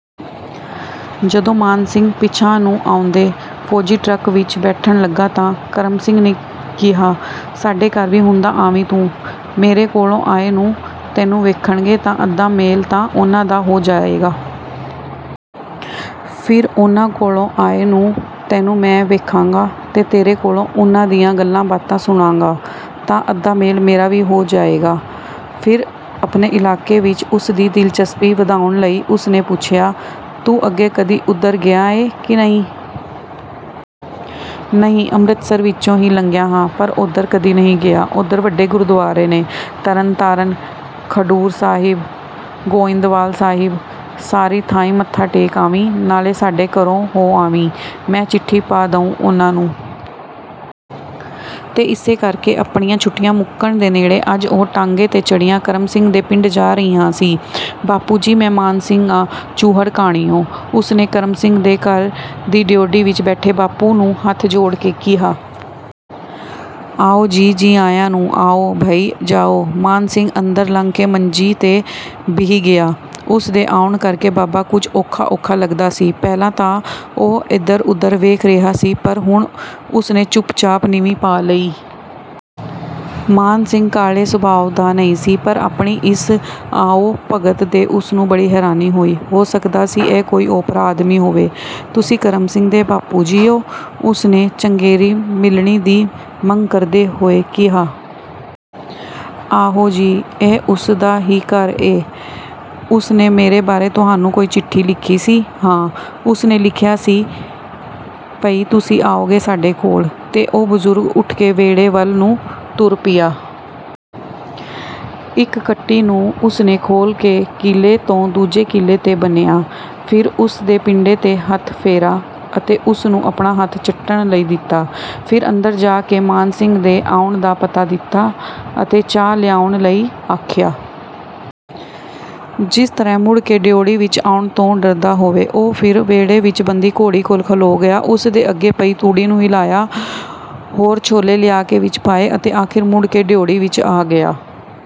ਜਦੋਂ ਮਾਨ ਸਿੰਘ ਪਿਛਾਂਹ ਨੂੰ ਆਉਂਦੇ ਫ਼ੌਜੀ ਟਰੱਕ ਵਿਚ ਬੈਠਣ ਲੱਗਾ ਤਾਂ ਕਰਮ ਸਿੰਘ ਨੇ ਕਿਹਾ, ''ਸਾਡੇ ਘਰ ਵੀ ਹੁੰਦਾ ਆਵੀਂ ਤੂੰ। ਮੇਰੇ ਕੋਲੋਂ ਆਏ ਨੂੰ ਤੈਨੂੰ ਵੇਖਣਗੇ ਤਾਂ ਅੱਧਾ ਮੇਲ ਤਾਂ ਉਹਨਾਂ ਦਾ ਹੋ ਜਾਏਗਾ। ਫਿਰ ਉਹਨਾਂ ਕੋਲੋਂ ਆਏ ਨੂੰ ਤੈਨੂੰ ਮੈਂ ਵੇਖਾਂਗਾ ਤੇ ਤੇਰੇ ਕੋਲੋਂ ਉਹਨਾਂ ਦੀਆਂ ਗੱਲਾਂ-ਬਾਤਾਂ ਸੁਣਾਂਗਾ ਤਾਂ ਅੱਧਾ ਮੇਲ ਮੇਰਾ ਵੀ ਹੋ ਜਾਏਗਾ।'' ਫਿਰ ਆਪਣੇ ਇਲਾਕੇ ਵਿਚ ਉਸ ਦੀ ਦਿਲਚਸਪੀ ਵਧਾਉਣ ਲਈ ਉਸ ਨੇ ਪੁੱਛਿਆ, ''ਤੂੰ ਅੱਗੇ ਕਦੀ ਉਧਰ ਗਿਆ ਏ ਕਿ ਨਹੀਂ?'' ''ਨਹੀਂ, ਅੰਮ੍ਰਿਤਸਰ ਵਿਚੋਂ ਹੀ ਲੰਘਿਆ ਹਾਂ, ਪਰ ਉੱਧਰ ਕਦੀ ਨਹੀਂ ਗਿਆ।'' ''ਉੱਧਰ ਬੜੇ ਗੁਰਦੁਆਰੇ ਨੇ – ਤਰਨ ਤਾਰਨ, ਖਡੂਰ ਸਾਹਿਬ, ਗੋਇੰਦਵਾਲ ਸਾਹਿਬ। ਸਾਰੀ ਥਾਈਂ ਮੱਥਾ ਟੇਕ ਆਵੀਂ, ਨਾਲੇ ਸਾਡੇ ਘਰੋਂ ਹੋ ਆਵੀਂ। ਮੈਂ ਚਿੱਠੀ ਪਾ ਦਿਊਂ ਉਹਨਾਂ ਨੂੰ।'' ਤੇ ਇਸੇ ਕਰ ਕੇ ਆਪਣੀਆਂ ਛੁੱਟੀਆਂ ਮੁੱਕਣ ਦੇ ਨੇੜੇ ਅੱਜ ਉਹ ਟਾਂਗੇ 'ਤੇ ਚੜ੍ਹਿਆ ਕਰਮ ਸਿੰਘ ਦੇ ਪਿੰਡ ਜਾ ਰਿਹਾ ਸੀ। ''ਬਾਪੂ ਜੀ, ਮੈਂ ਮਾਨ ਸਿੰਘ ਆਂ ਚੂਹੜਕਾਣਿਓ।'' ਉਸ ਨੇ ਕਰਮ ਸਿੰਘ ਦੇ ਘਰ ਦੀ ਡਿਓੜੀ ਵਿਚ ਬੈਠੇ ਬਾਪੁ ਨੂੰ ਹੱਥ ਜੋੜ ਕੇ ਕਿਹਾ। ''ਆਓ ਜੀ, ਜੀ ਆਇਆਂ ਨੂੰ। ਆਓ, ਬਹਿ ਜਾਓ।'' ਮਾਨ ਸਿੰਘ ਅੰਦਰ ਲੰਘ ਕੇ ਮੰਜੀ 'ਤੇ ਬਹਿ ਗਿਆ। ਉਸ ਦੇ ਆਉਣ ਕਰ ਕੇ ਬਾਬਾ ਕੁਝ ਔਖਾ-ਔਖਾ ਲੱਗਦਾ ਸੀ। ਪਹਿਲਾਂ ਤਾਂ ਉਹ ਇੱਧਰ-ਉੱਧਰ ਵੇਖ ਰਿਹਾ ਸੀ, ਪਰ ਹੁਣ ਉਸ ਨੇ ਚੁੱਪ-ਚਾਪ ਨੀਵੀਂ ਪਾ ਲਈ। ਮਾਨ ਸਿੰਘ ਕਾਹਲੇ ਸੁਭਾਅ ਦਾ ਨਹੀਂ ਸੀ ਪਰ ਆਪਣੀ ਇਸ ਆਓ-ਭਗਤ 'ਤੇ ਉਸ ਨੂੰ ਬੜੀ ਹੈਰਾਨੀ ਹੋਈ। ਹੋ ਸਕਦਾ ਸੀ ਇਹ ਕੋਈ ਓਪਰਾ ਆਦਮੀ ਹੋਵੇ। ''ਤੁਸੀਂ ਕਰਮ ਸਿੰਘ ਦੇ ਬਾਪੂ ਜੀ ਓ?'' ਉਸ ਨੇ ਚੰਗੇਰੀ ਮਿਲਣੀ ਦੀ ਮੰਗ ਕਰਦੇ ਹੋਏ ਕਿਹਾ। ''ਆਹੋ ਜੀ, ਇਹ ਉਹਦਾ ਹੀ ਘਰ ਏ।'' ''ਉਸ ਨੇ ਮੇਰੇ ਬਾਰੇ ਤੁਹਾਨੂੰ ਕੋਈ ਚਿੱਠੀ ਲਿਖੀ ਸੀ?'' ''ਹਾਂ, ਉਸ ਨੇ ਲਿਖਿਆ ਸੀ ਪਈ ਤੁਸੀਂ ਆਉਗੇ ਸਾਡੇ ਕੋਲ।'' ਤੇ ਓਹ ਬਜ਼ੁਰਗ ਉੱਠ ਕੇ ਵਿਹੜੇ ਵੱਲ ਨੂੰ ਟੁਰ ਪਿਆ। ਇਕ ਕੱਟੀ ਨੂੰ ਉਸ ਨੇ ਖੋਲ੍ਹ ਕੇ ਕਿੱਲੇ ਤੋਂ ਦੂਸਰੇ ਕਿੱਲੇ 'ਤੇ ਬੰਨ੍ਹਿਆ, ਫਿਰ ਉਸ ਦੇ ਪਿੰਡੇ 'ਤੇ ਹੱਥ ਫੇਰਿਆ ਤੇ ਫਿਰ ਉਸ ਨੂੰ ਆਪਣਾ ਹੱਥ ਚੱਟਣ ਲਈ ਦਿੱਤਾ। ਫਿਰ ਅੰਦਰ ਜਾ ਕੇ ਮਾਨ ਸਿੰਘ ਦੇ ਆਉਣ ਦਾ ਪਤਾ ਦਿੱਤਾ ਤੇ ਚਾਹ ਲਿਆਉਣ ਲਈ ਆਖਿਆ। ਜਿਸ ਤਰ੍ਹਾਂ ਮੁੜ ਕੇ ਡਿਓੜੀ ਵਿਚ ਆਉਣ ਤੋਂ ਡਰਦਾ ਹੋਵੇ, ਉਹ ਫਿਰ ਵਿਹੜੇ ਵਿਚ ਬੱਧੀ ਘੋੜੀ ਕੋਲ ਖਲੋ ਗਿਆ। ਉਸ ਦੇ ਅੱਗੇ ਪਈ ਤੂੜੀ ਨੂੰ ਹਿਲਾਇਆ, ਹੋਰ ਛੋਲੇ ਲਿਆ ਕੇ ਵਿਚ ਪਾਏ ਤੇ ਅਖ਼ੀਰ ਮੁੜ ਕੇ ਡਿਓੜੀ ਵਿਚ ਆ ਗਿਆ।